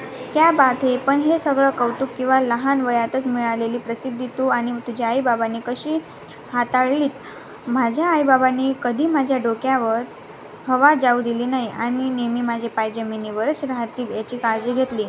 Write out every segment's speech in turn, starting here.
क्या बात हैं! पण हे सगळं कौतुक किंवा लहान वयातच मिळालेली प्रसिद्धी तू आणि तुझ्या आई-बाबांनी कशी हाताळलीत?' 'माझ्या आई-बाबांनी कधी माझ्या डोक्यात हवा जाऊ दिली नाही आणि नेहमी माझे पाय जमिनीवरच राहतील याची काळजी घेतली.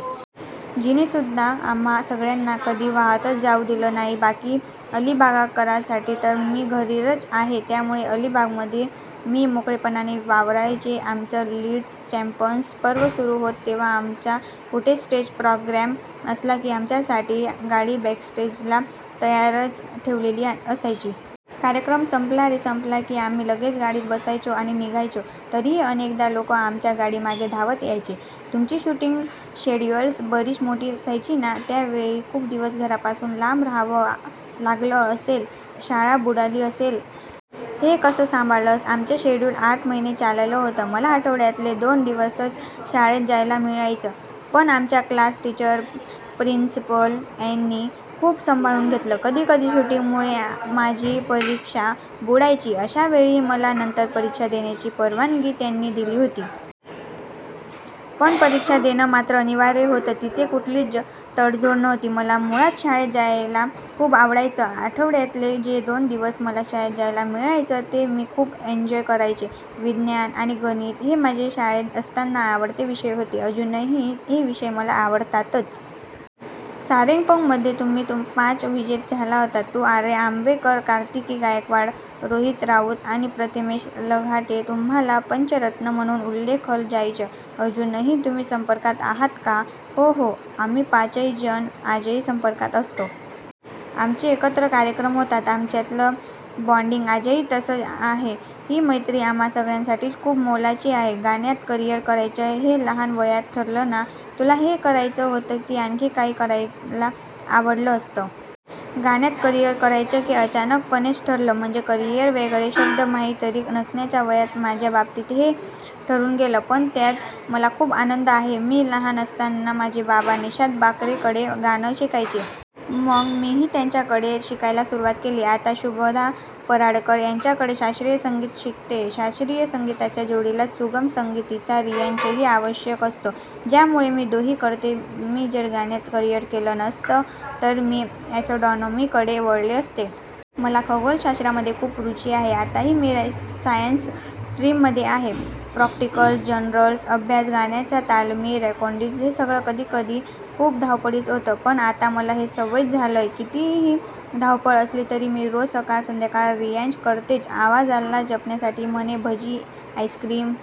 झीने सुद्धा आम्हा सगळ्यांना कधी वाहवत जाऊ दिलं नाही. बाकी अलिबागकरांसाठी तर मी घरचीच आहे. त्यामुळे अलिबागमध्ये मी मोकळेपणाने वावरायचे. आमचं लिट्ल चॅम्प्सचं पर्व सुरू होतं तेव्हा आमचा कुठे स्टेज प्रोग्रॅम असला की, आमच्यासाठी गाडी बॅकस्टेजला तयारच ठेवलेली असायची. कार्यक्रम संपला रे संपला की आम्ही लगेच गाडीत बसायचो आणि निघायचो. तरीही अनेकदा लोक आमच्या गाडीमागे धावत यायचे!' 'तुमची शूटिंग शेड्यूल्स बरीच मोठी असायची ना? त्यावेळी खूप दिवस घरापासून लांब राहावं लागलं असेल, शाळा बुडाली असेल... हे कसं सांभाळलंस?' 'आमचं शेड्युल आठ महिने चाललं होतं. मला आठवड्यातले दोन दिवसच शाळेत जायला मिळायचं. पण आमच्या क्लास टीचर, प्रिन्सिपल यांनी खूप सांभाळून घेतलं. कधी कधी शूटिंगमुळे माझी परीक्षा बुडायची. अशा वेळी मला नंतर परीक्षा देण्याची परवानगी त्यांनी दिली होती. पण परीक्षा देणं मात्र अनिवार्य होतं. तिथे कुठलीच तडजोड नव्हती. मला मुळात शाळेत जायला खूप आवडायचं. आठवड्यातले जे दोन दिवस मला शाळेत जायला मिळायचं ते मी खूप एन्जॉय करायचे. विज्ञान आणि गणित हे माझे शाळेत असताना आवडते विषय होते, अजूनही हे विषय मला आवडतातच.' 'सारेगमपमध्ये तुम्ही पाच विजेते झाला होतात- तू, आर्या आंबेकर, कार्तिकी गायकवाड, रोहित राऊत आणि प्रथमेश लघाटे. तुम्हांला पंचरत्न म्हणून उल्लेखलं जायचं. अजूनही तुम्ही संपर्कात आहात का?' 'हो हो. आम्ही पाचही जण आजही संपर्कात असतो. आमचे एकत्र कार्यक्रम होतात. आमच्यातलं बॉण्डिंग आजही तसंच आहे. ही मैत्री आम्हा सगळ्यांसाठीच खूप मोलाची आहे!' 'गाण्यात करिअर करायचं हे लहान वयात ठरलं ना? तुला हेच करायचं होतं, की आणखी काही करायला आवडलं असतं?' 'गाण्यात करिअर करायचं हे अचानकपणेच ठरलं. म्हणजे करिअर वगैरे शब्द माहीतही नसण्याच्या वयात माझ्या बाबतीत हे ठरून गेलं. पण त्यात मला खूप आनंद आहे. मी लहान असताना माझे बाबा निषाद बाकरेंकडे गाणं शिकायचे. मग मीही त्यांच्याकडे शिकायला सुरुवात केली. आता शुभदा पराडकर यांच्याकडे शास्त्रीय संगीत शिकतेय. शास्त्रीय संगीताच्या जोडीलाच सुगम संगीताचा रियाजही आवश्यक असतो, त्यामुळे मी तोही करते. मी जर गाण्यात करिअर केलं नसतं तर मी ॲस्ट्रॉनॉमीकडे वळले असते. मला खगोलशास्त्रामध्ये खूप रुची आहे. आताही मी सायन्स स्ट्रीममध्ये आहे. प्रॅक्टिकल्स, जर्नल्स, अभ्यास, गाण्याच्या तालमी, रेकॉर्डिंग्ज हे सगळं कधीकधी खूप धावपळीचं होतं, पण आता मला ते सवयीचं झालंय. कितीही धावपळ असली तरी मी रोज सकाळ-संध्याकाळ रियाज करतेच. आवाजाला जपण्यासाठी म्हणे भजी, आईस्क्रीम